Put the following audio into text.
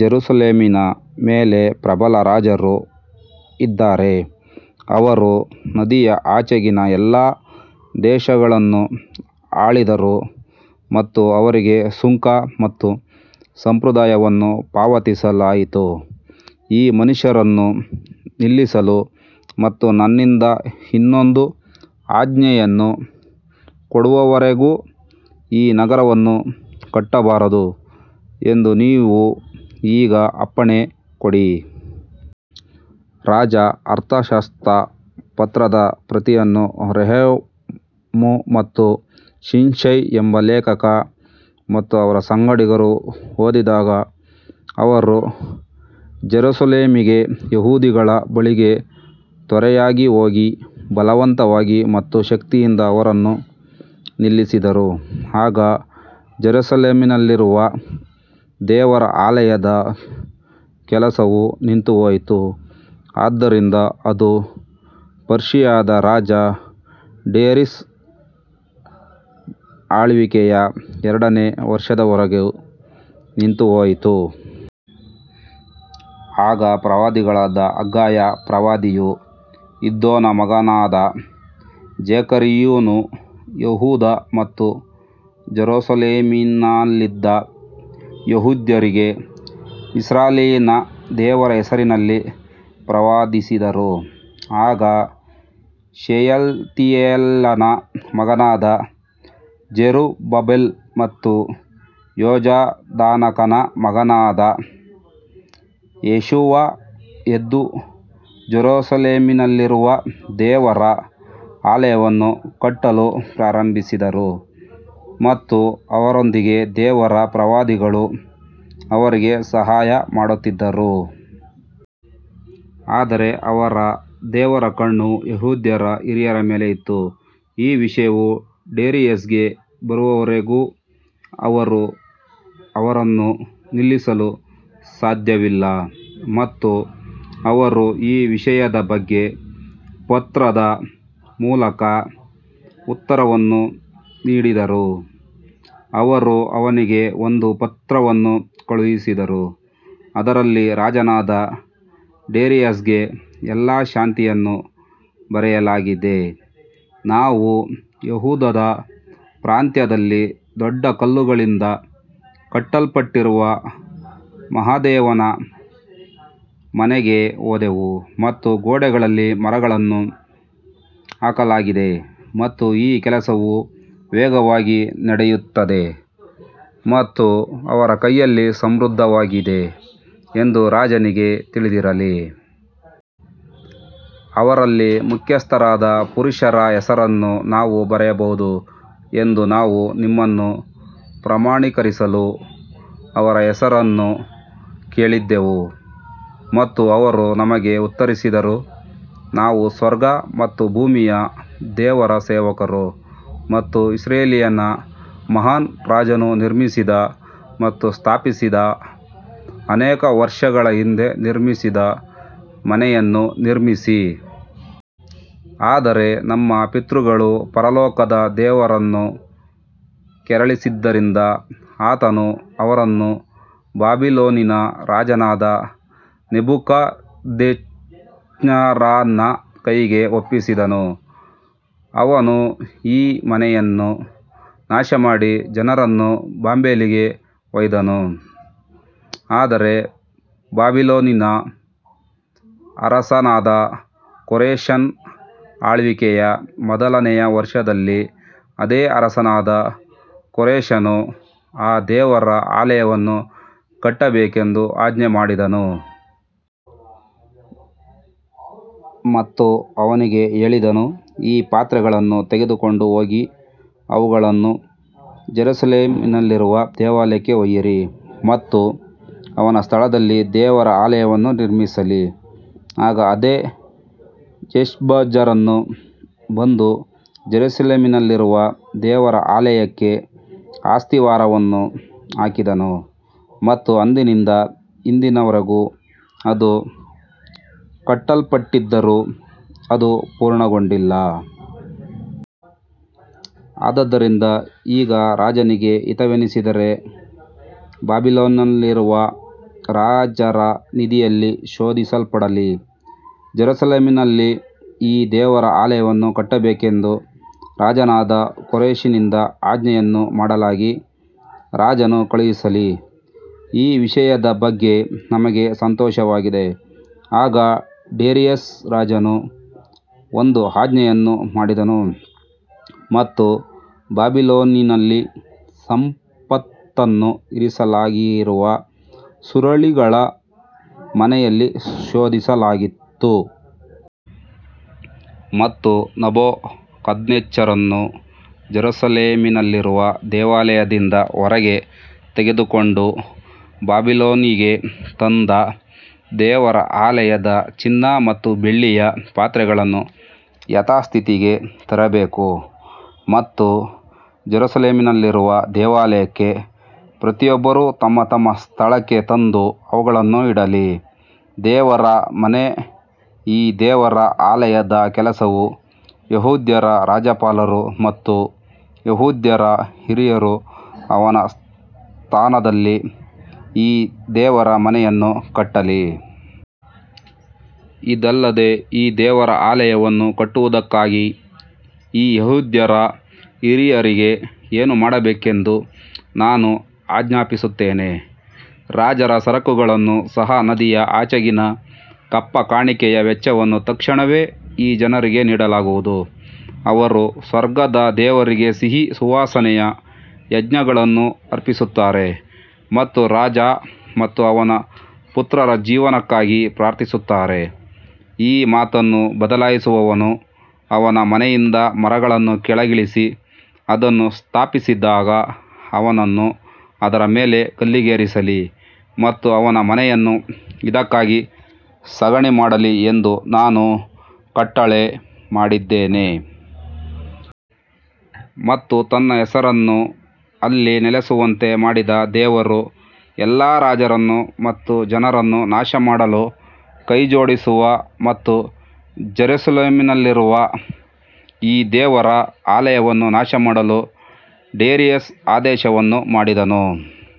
ಜೆರುಸಲೇಮಿನ ಮೇಲೆ ಪ್ರಬಲ ರಾಜರು ಇದ್ದಾರೆ, ಅವರು ನದಿಯ ಆಚೆಗಿನ ಎಲ್ಲಾ ದೇಶಗಳನ್ನು ಆಳಿದರು ಮತ್ತು ಅವರಿಗೆ ಸುಂಕ ಮತ್ತು ಸಂಪ್ರದಾಯವನ್ನು ಪಾವತಿಸಲಾಯಿತು. ಈ ಮನುಷ್ಯರನ್ನು ನಿಲ್ಲಿಸಲು ಮತ್ತು ನನ್ನಿಂದ ಇನ್ನೊಂದು ಆಜ್ಞೆಯನ್ನು ಕೊಡುವವರೆಗೂ ಈ ನಗರವನ್ನು ಕಟ್ಟಬಾರದು ಎಂದು ನೀವು ಈಗ ಅಪ್ಪಣೆ ಕೊಡಿ. ರಾಜ ಅರ್ತಷಸ್ತ ಪತ್ರದ ಪ್ರತಿಯನ್ನು ರೆಹೂಮ್ ಮತ್ತು ಶಿಂಶೈ ಎಂಬ ಲೇಖಕ ಮತ್ತು ಅವರ ಸಂಗಡಿಗರು ಓದಿದಾಗ ಅವರು ಯೆರೂಸಲೇಮಿಗೆ ಯಹೂದಿಗಳ ಬಳಿಗೆ ತ್ವರೆಯಾಗಿ ಹೋಗಿ ಬಲವಂತವಾಗಿ ಮತ್ತು ಶಕ್ತಿಯಿಂದ ಅವರನ್ನು ನಿಲ್ಲಿಸಿದರು. ಆಗ ಜೆರುಸಲೇಮಿನಲ್ಲಿರುವ ದೇವರ ಆಲಯದ ಕೆಲಸವು ನಿಂತುಹೋಯಿತು, ಆದ್ದರಿಂದ ಅದು ಪರ್ಷಿಯಾದ ರಾಜ ಡೇರಿಯಸ್ ಆಳ್ವಿಕೆಯ ಎರಡನೇ ವರ್ಷದವರೆಗೆ ನಿಂತುಹೋಯಿತು. ಆಗ ಪ್ರವಾದಿಗಳಾದ ಹಗ್ಗಾಯ ಪ್ರವಾದಿಯೂ ಇದ್ದೋನ ಮಗನಾದ ಜೆಕರೀಯನೂ ಯೆಹೂದ ಮತ್ತು ಯೆರೂಸಲೇಮಿನಲ್ಲಿದ್ದ ಯೆಹೂದ್ಯರಿಗೆ ಇಸ್ರಾಯೇಲಿನ ದೇವರ ಹೆಸರಿನಲ್ಲಿ ಪ್ರವಾದಿಸಿದರು. ಆಗ ಶೆಯಲ್ತೀಯೇಲನ ಮಗನಾದ ಜೆರುಬ್ಬಾಬೆಲ್ ಮತ್ತು ಯೋಜಾದಾಕನ ಮಗನಾದ ಯೇಷುವಾ ಎದ್ದು ಯೆರೂಸಲೇಮಿನಲ್ಲಿರುವ ದೇವರ ಆಲಯವನ್ನು ಕಟ್ಟಲು ಪ್ರಾರಂಭಿಸಿದರು ಮತ್ತು ಅವರೊಂದಿಗೆ ದೇವರ ಪ್ರವಾದಿಗಳು ಅವರಿಗೆ ಸಹಾಯಮಾಡುತ್ತಿದ್ದರು. ಆದರೆ ಅವರ ದೇವರ ಕಣ್ಣು ಯೆಹೂದ್ಯರ ಹಿರಿಯರ ಮೇಲೆ ಇತ್ತು, ಈ ವಿಷಯವು ಡೇರಿಯಸ್ಗೆ ಬರುವವರೆಗೂ ಅವರು ಅವರನ್ನು ನಿಲ್ಲಿಸಲು ಸಾಧ್ಯವಿಲ್ಲ ಮತ್ತು ಅವರು ಈ ವಿಷಯದ ಬಗ್ಗೆ ಪತ್ರದ ಮೂಲಕ ಉತ್ತರವನ್ನು ನೀಡಿದರು. ಅವರು ಅವನಿಗೆ ಒಂದು ಪತ್ರವನ್ನು ಕಳುಹಿಸಿದರು, ಅದರಲ್ಲಿ ರಾಜನಾದ ಡೇರಿಯಸ್ಗೆ ಎಲ್ಲಾ ಶಾಂತಿಯನ್ನು ಬರೆಯಲಾಗಿದೆ ನಾವು ಯೆಹೂದದ ಪ್ರಾಂತ್ಯದಲ್ಲಿ ದೊಡ್ಡ ಕಲ್ಲುಗಳಿಂದ ಕಟ್ಟಲ್ಪಟ್ಟಿರುವ ಮಹಾದೇವನ ಮನೆಗೆ ಹೋದೆವು ಮತ್ತು ಗೋಡೆಗಳಲ್ಲಿ ಮರಗಳನ್ನು ಹಾಕಲಾಗಿದೆ ಮತ್ತು ಈ ಕೆಲಸವು ವೇಗವಾಗಿ ನಡೆಯುತ್ತದೆ ಮತ್ತು ಅವರ ಕೈಯಲ್ಲಿ ಸಮೃದ್ಧವಾಗಿದೆ ಎಂದು ರಾಜನಿಗೆ ತಿಳಿದಿರಲಿ. ಅವರಲ್ಲಿ ಮುಖ್ಯಸ್ಥರಾದ ಪುರುಷರ ಹೆಸರನ್ನು ನಾವು ಬರೆಯಬಹುದು ಎಂದು ನಾವು ನಿಮ್ಮನ್ನು ಪ್ರಮಾಣೀಕರಿಸಲು ಅವರ ಹೆಸರನ್ನು ಕೇಳಿದೆವು. ಮತ್ತು ಅವರು ನಮಗೆ ಉತ್ತರಿಸಿದರು, ನಾವು ಸ್ವರ್ಗ ಮತ್ತು ಭೂಮಿಯ ದೇವರ ಸೇವಕರು ಮತ್ತು ಇಸ್ರಾಯೇಲಿನ ಮಹಾನ್ ರಾಜನು ನಿರ್ಮಿಸಿದ ಮತ್ತು ಸ್ಥಾಪಿಸಿದ ಅನೇಕ ವರ್ಷಗಳ ಹಿಂದೆ ನಿರ್ಮಿಸಿದ ಮನೆಯನ್ನು ನಿರ್ಮಿಸಿ. ಆದರೆ ನಮ್ಮ ಪಿತೃಗಳು ಪರಲೋಕದ ದೇವರನ್ನು ಕೆರಳಿಸಿದ್ದರಿಂದ ಆತನು ಅವರನ್ನು ಬಾಬಿಲೋನಿನ ರಾಜನಾದ ನೆಬೂಕದ್ನೆಚ್ಚರನ ಕೈಗೆ ಒಪ್ಪಿಸಿದನು, ಅವನು ಈ ಮನೆಯನ್ನು ನಾಶಮಾಡಿ ಜನರನ್ನು ಬಾಬೆಲಿಗೆ ಒಯ್ದನು. ಆದರೆ ಬಾಬಿಲೋನಿನ ಅರಸನಾದ ಕೋರೆಷನ ಆಳ್ವಿಕೆಯ ಮೊದಲನೆಯ ವರ್ಷದಲ್ಲಿ ಅದೇ ಅರಸನಾದ ಕೋರೆಷನು ಈ ದೇವರ ಆಲಯವನ್ನು ಕಟ್ಟಬೇಕೆಂದು ಆಜ್ಞೆ ಮಾಡಿದನು. ಮತ್ತು ಅವನಿಗೆ ಹೇಳಿದನು, ಈ ಪಾತ್ರೆಗಳನ್ನು ತೆಗೆದುಕೊಂಡು ಹೋಗಿ ಅವುಗಳನ್ನು ಯೆರೂಸಲೇಮಿನಲ್ಲಿರುವ ದೇವಾಲಯಕ್ಕೆ ಒಯ್ಯಿರಿ ಮತ್ತು ಅವನ ಸ್ಥಳದಲ್ಲಿ ದೇವರ ಆಲಯವನ್ನು ನಿರ್ಮಿಸಲಿ. ಆಗ ಅದೇ ಶೇಷ್ಬಜ್ಜರನು ಬಂದು ಯೆರೂಸಲೇಮಿನಲ್ಲಿರುವ ದೇವರ ಆಲಯಕ್ಕೆ ಅಸ್ತಿವಾರವನ್ನು ಹಾಕಿದನು ಮತ್ತು ಅಂದಿನಿಂದ ಇಂದಿನ ವರೆಗೂ ಅದು ಕಟ್ಟಲ್ಪಟ್ಟಿದ್ದರೂ ಅದು ಪೂರ್ಣಗೊಳ್ಳಲಿಲ್ಲ. ಆದದರಿಂದ ಈಗ ರಾಜನಿಗೆ ಹಿತವೆನಿಸಿದರೆ ಬಾಬಿಲೋನಿನಲ್ಲಿರುವ ರಾಜರ ನಿಧಿಯಲ್ಲಿ ಶೋಧಿಸಲ್ಪಡಲಿ, ಯೆರೂಸಲೇಮಿನಲ್ಲಿ ಈ ದೇವರ ಆಲಯವನ್ನು ಕಟ್ಟಬೇಕೆಂದು ರಾಜನಾದ ಕೋರೆಷನಿಂದ ಆಜ್ಞೆಯನ್ನು ಮಾಡಲಾಗಿ ರಾಜನು ಕಳುಹಿಸಲಿ. ಈ ವಿಷಯದ ಬಗ್ಗೆ ನಮಗೆ ಸಂತೋಷವಾಗಿದೆ ಆಗ ಡೇರಿಯಸ್ ರಾಜನು ಒಂದು ಆಜ್ಞೆಯನ್ನು ಮಾಡಿದನು ಮತ್ತು ಬಾಬಿಲೋನಿನಲ್ಲಿ ಸಂಪತ್ತನ್ನು ಇರಿಸಲಾಗಿರುವ ಸುರುಳಿಗಳ ಮನೆಯಲ್ಲಿ ಶೋಧಿಸಲಾಯಿತು. ಮತ್ತು ನೆಬೂಕದ್ನೆಚ್ಚರನು ಯೆರೂಸಲೇಮಿನಲ್ಲಿರುವ ದೇವಾಲಯದಿಂದ ಹೊರಗೆ ತೆಗೆದುಕೊಂಡು ಬಾಬಿಲೋನಿಗೆ ತಂದ ದೇವರ ಆಲಯದ ಚಿನ್ನ ಮತ್ತು ಬೆಳ್ಳಿಯ ಪಾತ್ರೆಗಳನ್ನು ಯಥಾಸ್ಥಿತಿಗೆ ತರಬೇಕು ಮತ್ತು ಯೆರೂಸಲೇಮಿನಲ್ಲಿರುವ ದೇವಾಲಯಕ್ಕೆ ಪ್ರತಿಯೊಬ್ಬರು ತಮ್ಮ ತಮ್ಮ ಸ್ಥಳಕ್ಕೆ ತಂದು ಅವುಗಳನ್ನು ಇಡಲಿ. ದೇವರ ಮನೆ ಈ ದೇವರ ಆಲಯದ ಕೆಲಸವು ಯೆಹೂದ್ಯರ ರಾಜ್ಯಪಾಲರು ಮತ್ತು ಯೆಹೂದ್ಯರ ಹಿರಿಯರು ಅವನ ಸ್ಥಾನದಲ್ಲಿ ಈ ದೇವರ ಮನೆಯನ್ನು ಕಟ್ಟಲಿ. ಇದಲ್ಲದೆ ಈ ದೇವರ ಆಲಯವನ್ನು ಕಟ್ಟುವುದಕ್ಕಾಗಿ ಈ ಯೆಹೂದ್ಯರ ಹಿರಿಯರಿಗೆ ಏನು ಮಾಡಬೇಕೆಂದು ನಾನು ಆಜ್ಞಾಪಿಸುತ್ತೇನೆ, ರಾಜರ ಸರಕುಗಳನ್ನು ಸಹ ನದಿಯ ಆಚೆಗಿನ ಕಪ್ಪಕಾಣಿಕೆಯ ವೆಚ್ಚವನ್ನು ತಕ್ಷಣವೇ ಈ ಜನರಿಗೆ ನೀಡಲಾಗುವುದು. ಅವರು ಸ್ವರ್ಗದ ದೇವರಿಗೆ ಸಿಹಿ ಸುವಾಸನೆಯ ಯಜ್ಞಗಳನ್ನು ಅರ್ಪಿಸುತ್ತಾರೆ ಮತ್ತು ರಾಜ ಮತ್ತು ಅವನ ಪುತ್ರರ ಜೀವನಕ್ಕಾಗಿ ಪ್ರಾರ್ಥಿಸುತ್ತಾರೆ ಈ ಮಾತನ್ನು ಬದಲಾಯಿಸುವವನು ಅವನ ಮನೆಯಿಂದ ಮರವನ್ನು ಕೆಳಗಿಳಿಸಿ ಅದನ್ನು ಸ್ಥಾಪಿಸಿದಾಗ ಅವನನ್ನು ಅದರ ಮೇಲೆ ಗಲ್ಲಿಗೇರಿಸಲಿ ಮತ್ತು ಅವನ ಮನೆಯನ್ನು ಇದಕ್ಕಾಗಿ ಸಗಣಿ ಮಾಡಲಿ ಎಂದು ನಾನು ಕಟ್ಟಳೆ ಮಾಡಿದ್ದೇನೆ. ಮತ್ತು ತನ್ನ ಹೆಸರನ್ನು ಅಲ್ಲಿ ನೆಲೆಸುವಂತೆ ಮಾಡಿದ ದೇವರು ಎಲ್ಲಾ ರಾಜರನ್ನು ಮತ್ತು ಜನರನ್ನು ನಾಶಮಾಡಲು ಕೈಜೋಡಿಸುವ ಮತ್ತು ಜೆರುಸಲೇಮಿನಲ್ಲಿರುವ ಈ ದೇವರ ಆಲಯವನ್ನು ನಾಶಮಾಡಲು ಡೇರಿಯಸ್ ಆದೇಶವನ್ನು ಮಾಡಿದನು.